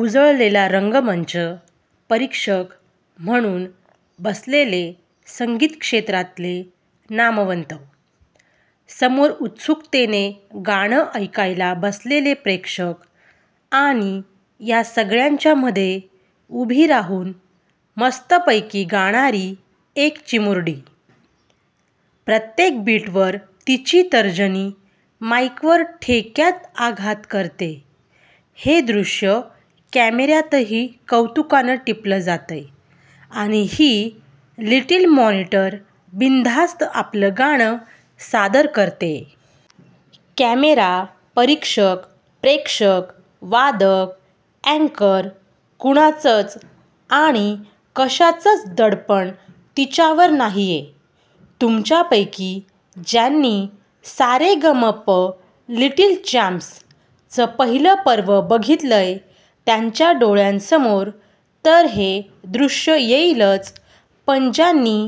उजळलेला रंगमंच. परीक्षक म्हणून बसलेले संगीतक्षेत्रातले नामवंत. समोर उत्सुकतेने गाणं ऐकायला बसलेले प्रेक्षक आणि या सगळ्यांच्या मध्ये उभी राहून मस्तपैकी गाणारी एक चिमुरडी! प्रत्येक बीटवर तिची तर्जनी माईकवर ठेक्यात आघात करतेय, ते दृश्य कॅमेऱ्यातही कौतुकाने टिपलं जातंय आणि ही 'लिटिल मॉनिटर' बिनधास्त आपलं गाणं सादर करतेय. कॅमेरा, परीक्षक, प्रेक्षक, वादक, अँकर कुणाचंच आणि कशाचंच दडपण तिच्यावर नाहीये! तुमच्यापैकी ज्यांनी 'सारेगमप लिटिल चॅम्प्स'चं पहिलं पर्व बघितलंय, त्यांच्या डोळ्यांसमोर तर हे दृश्य येईलच, पण ज्यांनी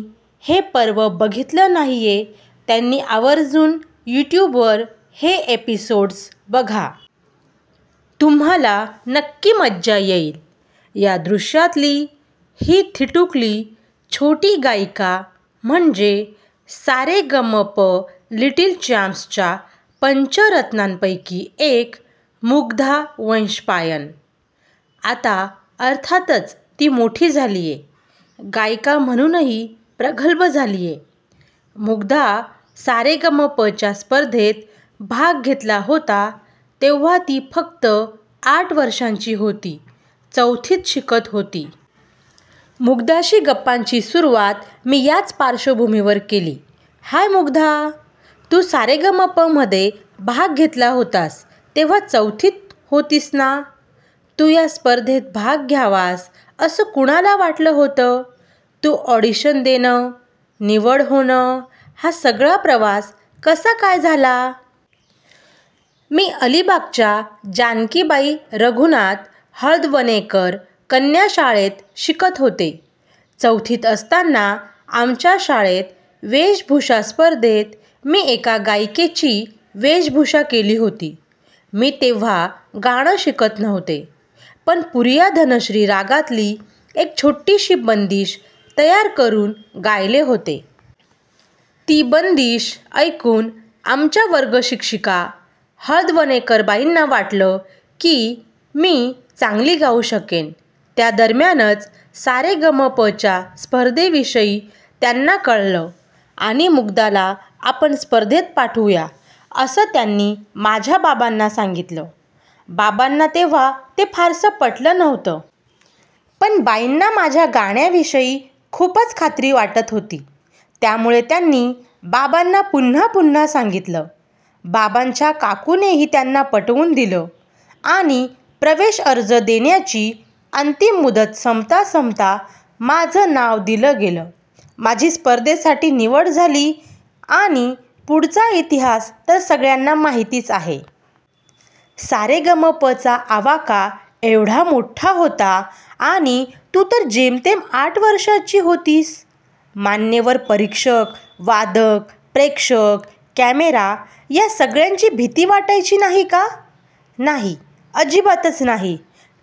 हे पर्व बघितलं नाहीये त्यांनी आवर्जून यूट्यूबवर हे एपिसोड्स बघा. तुम्हांला नक्की मज्जा येईल! या दृश्यातली ही धिटुकली छोटी गायिका म्हणजे सारेगमप लिटिल चॅम्प्सच्या पंचरत्नांपैकी एक- मुग्धा वैशंपायन! आता अर्थातच ती मोठी झालीय, गायिका म्हणूनही प्रगल्भ झालीय. मुग्धा 'सारेगमप'च्या स्पर्धेत भाग घेतला होता तेव्हा ती फक्त आठ वर्षांची होती, चौथीत शिकत होती. मुग्धाशी गप्पांची सुरुवात मी याच पार्श्वभूमीवर केली. हाय मुग्धा! तू 'सारेगमप'मध्ये भाग घेतला होतास तेव्हा चौथीत होतीस ना? तू या स्पर्धेत भाग घ्यावास असं कुणाला वाटलं होतं, तू ऑडिशन देणं, निवड होणं हा सगळा प्रवास कसा काय झाला? -मी अलिबागच्या जानकीबाई रघुनाथ हळदवणेकर कन्याशाळेत शिकत होते. चौथीत असताना आमच्या शाळेत वेशभूषा स्पर्धेत मी एका गायिकेची वेशभूषा केली होती. मी तेव्हा गाणं शिकत नव्हते, पण पूरिया धनश्री रागातली एक छोटीशी बंदिश तयारी करून गायले होते. ती बंदिश ऐकून आमच्या वर्गशिक्षिका हळदवणेकरबाईंना वाटलं की, मी चांगली गाऊ शकेन. त्या दरम्यानच 'सारेगमप'च्या स्पर्धेविषयी त्यांना कळलं आणि 'मुग्धाला आपण स्पर्धेत पाठवूया' असं त्यांनी माझ्या बाबांना सांगितलं. बाबांना तेव्हा ते फारसं पटलं नव्हतं. पण बाईंना माझ्या गाण्याविषयी खूपच खात्री वाटत होती, त्यामुळे त्यांनी बाबांना पुन्हा पुन्हा सांगितलं. बाबांच्या काकूनेही त्यांना पटवून दिलं आणि प्रवेश अर्ज देण्याची अंतिम मुदत संपता संपता माझं नाव दिलं गेलं. माझी स्पर्धेसाठी निवड झाली आणि पुढचा इतिहास तर सगळ्यांना माहितीच आहे! सारेगमपचा आवाका एवढा मोठा होता आणि तू तर जेमतेम आठ वर्षांची होतीस. मान्यवर परीक्षक, वादक, प्रेक्षक, कॅमेरा या सगळ्याची भीती वाटायची नाही का? -नाही. अजिबातच नाही.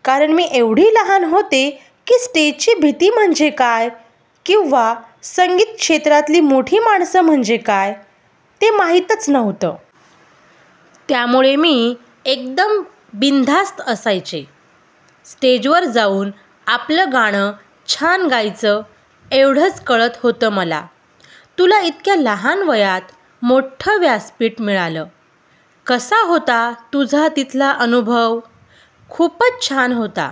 कारण मी एवढी लहान होते की, स्टेजची भीती म्हणजे काय किंवा संगीतक्षेत्रातली मोठी माणसं म्हणजे काय ते माहीतच नव्हतं! त्यामुळे मी एकदम बिनधास्त असायचे. स्टेजवर जाऊन आपलं गाणं छान गायचं, एवढंच कळत होतं मला. तुला इतक्या लहान वयात मोठं व्यासपीठ मिळालं. कसा होता तुझा तिथला अनुभव? -खूपच छान होता.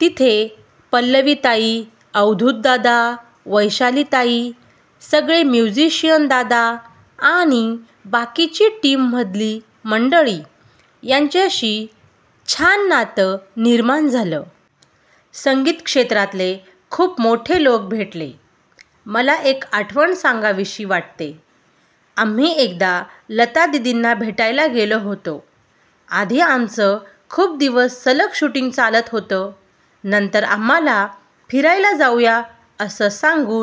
तिथे पल्लवीताई, अवधूतदादा, वैशालीताई, सगळे म्युझिशिअयन दादा आणि बाकीची टीममधली मंडळी यांच्याशी छान नातं निर्माण झालं. संगीतक्षेत्रातले खूप मोठे लोक भेटले. मला एक आठवण सांगावीशी वाटतेय. आम्ही एकदा लतादीदींना भेटायला गेलो होतो! आधी आमचं खूप दिवस सलग शूटिंग चाललं होतं. नंतर आम्हांला 'फिरायला जाऊया' असं सांगून